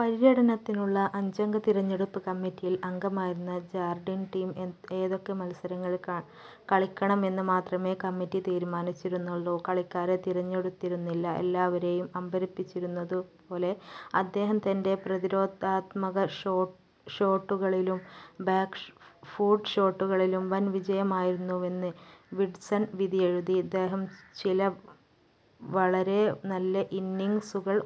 പര്യടനത്തിനുള്ള അഞ്ചംഗ തിരഞ്ഞെടുപ്പ് കമ്മിറ്റിയിൽ അംഗമായിരുന്നു ജാർഡിൻ. ടീം ഏതൊക്കെ മത്സരങ്ങളിൽ കളിക്കണമെന്ന് മാത്രമേ കമ്മിറ്റി തീരുമാനിച്ചിരുന്നുള്ളൂ, കളിക്കാരെ തിരഞ്ഞെടുത്തിരുന്നില്ല. എല്ലാവരേയും അമ്പരപ്പിച്ചിരുന്നതു പോലെ അദ്ദേഹം തൻ്റെ പ്രതിരോധാത്മക ഷോട്ടുകളിലും ബാക്ക് ഫുട്ട് ഷോട്ടുകളിലും വൻവിജയമായിരുന്നുവെന്ന് വിസ്ഡൺ വിധിയെഴുതി. അദ്ദേഹം ചില വളരെ നല്ല ഇന്നിംഗ്സുകൾ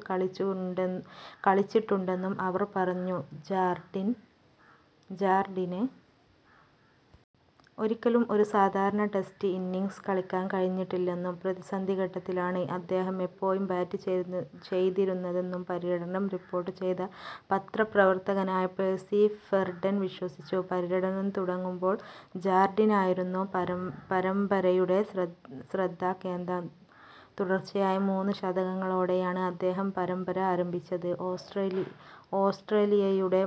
കളിച്ചിട്ടുണ്ടെന്നും അവർ പറഞ്ഞു. ഗാർഡൻജാർഡിന് ഒരിക്കലും ഒരു സാധാരണ ടെസ്റ്റ് ഇന്നിംഗ്സ് കളിക്കാൻ കഴിഞ്ഞിട്ടില്ലെന്നും, പ്രതിസന്ധി ഘട്ടത്തിലാണ് അദ്ദേഹം എപ്പോഴും ബാറ്റ് ചെയ്തിരുന്നതെന്നും, പര്യടനം റിപ്പോർട്ട് ചെയ്ത പത്രപ്രവർത്തകനായ പേഴ്സി ഫെൻഡർ വിശ്വസിച്ചു. പര്യടനം തുടങ്ങുമ്പോൾ ജാർഡിനായിരുന്നു പരമ്പരയുടെ ശ്രദ്ധാകേന്ദ്രം. തുടർച്ചയായ മൂന്ന് ശതകങ്ങളോടെയാണ് അദ്ദേഹം പരമ്പര ആരംഭിച്ചത്. ഓസ്ട്രേലിയയുടെ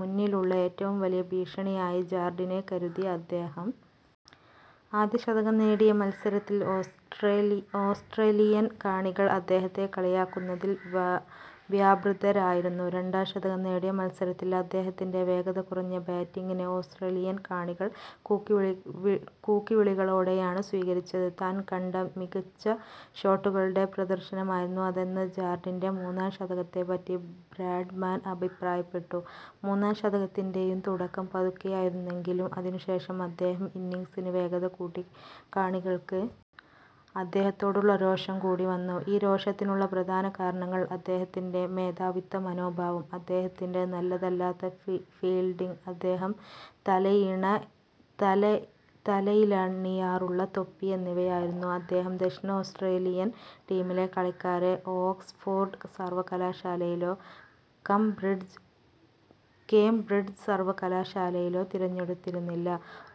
മുന്നിലുള്ള ഏറ്റവും വലിയ ഭീഷണിയായി ജാർഡിനെ കരുതി. അദ്ദേഹം ആദ്യ ശതകം നേടിയ മത്സരത്തിൽ ഓസ്ട്രേലിയൻ കാണികൾ അദ്ദേഹത്തെ കളിയാക്കുന്നതിൽ വ്യാപൃതരായിരുന്നു. രണ്ടാം ശതകം നേടിയ മത്സരത്തിൽ അദ്ദേഹത്തിൻ്റെ വേഗത കുറഞ്ഞ ബാറ്റിംഗിനെ ഓസ്ട്രേലിയൻ കാണികൾ കൂക്കിവിളികളോടെയാണ് സ്വീകരിച്ചത്. താൻ കണ്ട മികച്ച ഷോട്ടുകളുടെ പ്രദർശനമായിരുന്നു അതെന്ന് ജാർഡിൻ്റെ മൂന്നാം ശതകത്തെപ്പറ്റി ബ്രാഡ്മാൻ അഭിപ്രായപ്പെട്ടു. മൂന്നാം ശതകത്തിൻ്റെ യും തുടക്കം പതുക്കെയായിരുന്നെങ്കിലും, അതിനുശേഷം അദ്ദേഹം ഇന്നിംഗ്സിന് വേഗത കൂട്ടി. കാണികൾക്ക് അദ്ദേഹത്തോടുള്ള രോഷം കൂടി വന്നു. ഈ രോഷത്തിനുള്ള പ്രധാന കാരണങ്ങൾ അദ്ദേഹത്തിൻ്റെ മേധാവിത്വ മനോഭാവം, അദ്ദേഹത്തിൻ്റെ നല്ലതല്ലാത്ത ഫീൽഡിംഗ്, അദ്ദേഹം തലയിലണിയാറുള്ള തൊപ്പി എന്നിവയായിരുന്നു. അദ്ദേഹം ദക്ഷിണ ഓസ്ട്രേലിയൻ ടീമിലെ കളിക്കാരെ ഓക്സ്ഫോർഡ് സർവകലാശാലയിലോ കേംബ്രിഡ്ജ് സർവകലാശാലയിലോ തിരഞ്ഞെടുത്തിരുന്നില്ല.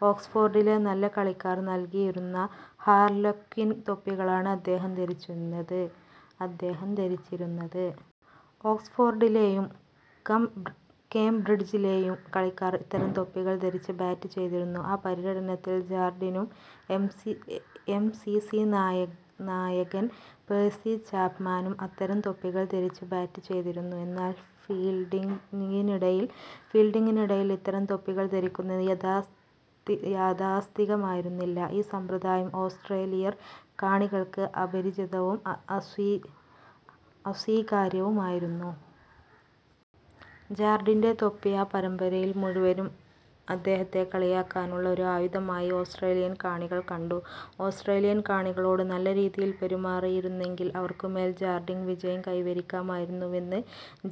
ഓക്സ്ഫോർഡിലെ നല്ല കളിക്കാർക്ക് നൽകിയിരുന്ന ഹാർലെക്വിൻ തൊപ്പികളാണ് അദ്ദേഹം ധരിച്ചിരുന്നത്. ഓക്സ്ഫോർഡിലെയും കേംബ്രിഡ്ജിലെയും കളിക്കാർ ഇത്തരം തൊപ്പികൾ ധരിച്ച് ബാറ്റ് ചെയ്തിരുന്നു.ആ പര്യടനത്തിൽ ജാർഡിനും എം സി സി നായകൻ പേഴ്സി ചാപ്മാനും അത്തരം തൊപ്പികൾ ധരിച്ച് ബാറ്റ് ചെയ്തിരുന്നു. എന്നാൽ ഫീൽഡിംഗിനിടയിൽ ഇത്തരം തൊപ്പികൾ ധരിക്കുന്നത് യാഥാസ്ഥിതികമായിരുന്നില്ല. ഈ സമ്പ്രദായം ഓസ്ട്രേലിയൻ കാണികൾക്ക് അപരിചിതവും അസി അസ്വീകാര്യവുമായിരുന്നു. ജാർഡിൻ്റെ തൊപ്പി ആ പരമ്പരയിൽ മുഴുവനും അദ്ദേഹത്തെ കളിയാക്കാനുള്ള ഒരു ആയുധമായി ഓസ്ട്രേലിയൻ കാണികൾ കണ്ടു. ഓസ്ട്രേലിയൻ കാണികളോട് നല്ല രീതിയിൽ പെരുമാറിയിരുന്നെങ്കിൽ അവർക്കുമേൽ ജാർഡിന് വിജയം കൈവരിക്കാമായിരുന്നുവെന്ന്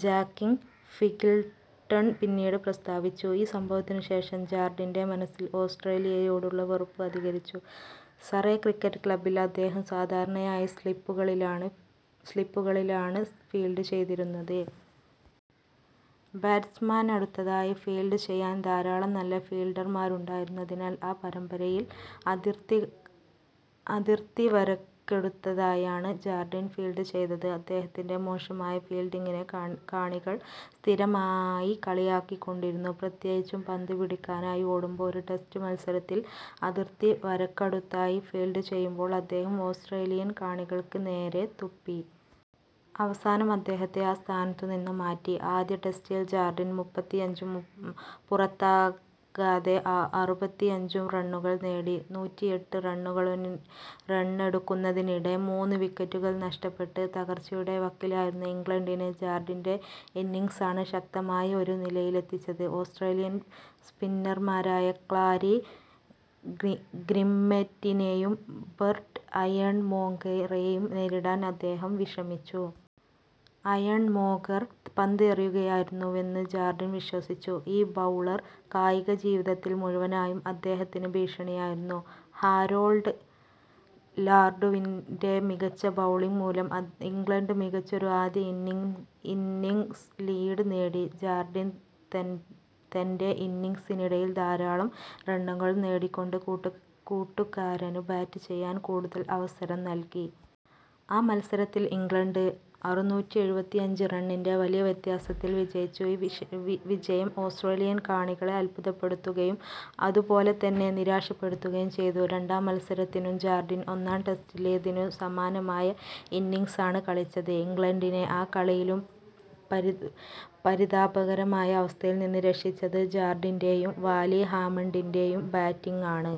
ജാക്ക് ഫിംഗിൾട്ടൺ പിന്നീട് പ്രസ്താവിച്ചു. ഈ സംഭവത്തിനുശേഷം ജാർഡിൻ്റെ മനസ്സിൽ ഓസ്ട്രേലിയയോടുള്ള വെറുപ്പ് അധികരിച്ചു. സറേ ക്രിക്കറ്റ് ക്ലബ്ബിൽ അദ്ദേഹം സാധാരണയായി സ്ലിപ്പുകളിലാണ് ഫീൽഡ് ചെയ്തിരുന്നത്. ബാറ്റ്സ്മാന് അടുത്തായി ഫീൽഡ് ചെയ്യാൻ ധാരാളം നല്ല ഫീൽഡർമാരുണ്ടായിരുന്നതിനാൽ, ആ പരമ്പരയിൽ അതിർത്തിവരക്കടുത്തായാണ് ജാർഡിൻ ഫീൽഡ് ചെയ്തത്. അദ്ദേഹത്തിൻ്റെ മോശമായ ഫീൽഡിംഗിനെ കാണികൾ സ്ഥിരമായി കളിയാക്കിക്കൊണ്ടിരുന്നു, പ്രത്യേകിച്ചും പന്ത് പിടിക്കാനായി ഓടുമ്പോൾ. ഒരു ടെസ്റ്റ് മത്സരത്തിൽ അതിർത്തിവരക്കടുത്തായി ഫീൽഡ് ചെയ്യുമ്പോൾ അദ്ദേഹം ഓസ്ട്രേലിയൻ കാണികൾക്ക് നേരെ തുപ്പി. അവസാനം അദ്ദേഹത്തെ ആ സ്ഥാനത്തുനിന്ന് മാറ്റി.ആദ്യ ടെസ്റ്റിൽ ജാർഡിൻ മുപ്പത്തിയഞ്ചും പുറത്താകാതെ അറുപത്തിയഞ്ചും റണ്ണുകൾ നേടി. നൂറ്റിയെട്ട് റണ്ണെടുക്കുന്നതിനിടെ മൂന്ന് വിക്കറ്റുകൾ നഷ്ടപ്പെട്ട് തകർച്ചയുടെ വക്കിലായിരുന്ന ഇംഗ്ലണ്ടിനെ ജാർഡിൻ്റെ ഇന്നിംഗ്സാണ് ശക്തമായ ഒരു നിലയിലെത്തിച്ചത്. ഓസ്ട്രേലിയൻ സ്പിന്നർമാരായ ക്ലാരി ഗ്രിമ്മെറ്റിനെയും ബെർട്ട് അയേൺമോംഗറെയും നേരിടാൻ അദ്ദേഹം വിഷമിച്ചു. അയേൺമോംഗർ പന്ത് എറിയുകയായിരുന്നുവെന്ന് ജാർഡിൻ വിശ്വസിച്ചു. ഈ ബൗളർ കായികജീവിതത്തിൽ മുഴുവനായും അദ്ദേഹത്തിന് ഭീഷണിയായിരുന്നു. ഹാരോൾഡ് ലാർവുഡിൻ്റെ മികച്ച ബൗളിംഗ് മൂലം ഇംഗ്ലണ്ട് മികച്ചൊരു ആദ്യ ഇന്നിംഗ്സ് ലീഡ് നേടി. ജാർഡിൻ തൻ്റെ ഇന്നിംഗ്സിനിടയിൽ ധാരാളം ഒരു റണ്ണുകൾ നേടിക്കൊണ്ട് കൂട്ടുകാരന് ബാറ്റ് ചെയ്യാൻ കൂടുതൽ അവസരം നൽകി. ആ മത്സരത്തിൽ ഇംഗ്ലണ്ട് അറുനൂറ്റി എഴുപത്തിയഞ്ച് റണ്ണിൻ്റെ വലിയ വ്യത്യാസത്തിൽ വിജയിച്ചു. ഈ വിജയം ഓസ്ട്രേലിയൻ കാണികളെ അത്ഭുതപ്പെടുത്തുകയും അതുപോലെ തന്നെ നിരാശപ്പെടുത്തുകയും ചെയ്തു.രണ്ടാം മത്സരത്തിലും ജാർഡിൻ ഒന്നാം ടെസ്റ്റിലേതിനു സമാനമായ ഇന്നിംഗ്സാണ് കളിച്ചത്. ഇംഗ്ലണ്ടിനെ ആ കളിയിലും പരിതാപകരമായ അവസ്ഥയിൽനിന്ന് രക്ഷിച്ചത് ജാർഡിൻ്റെ യും വാലി ഹാമണ്ടിൻ്റെ യും ബാറ്റിംഗാണ്.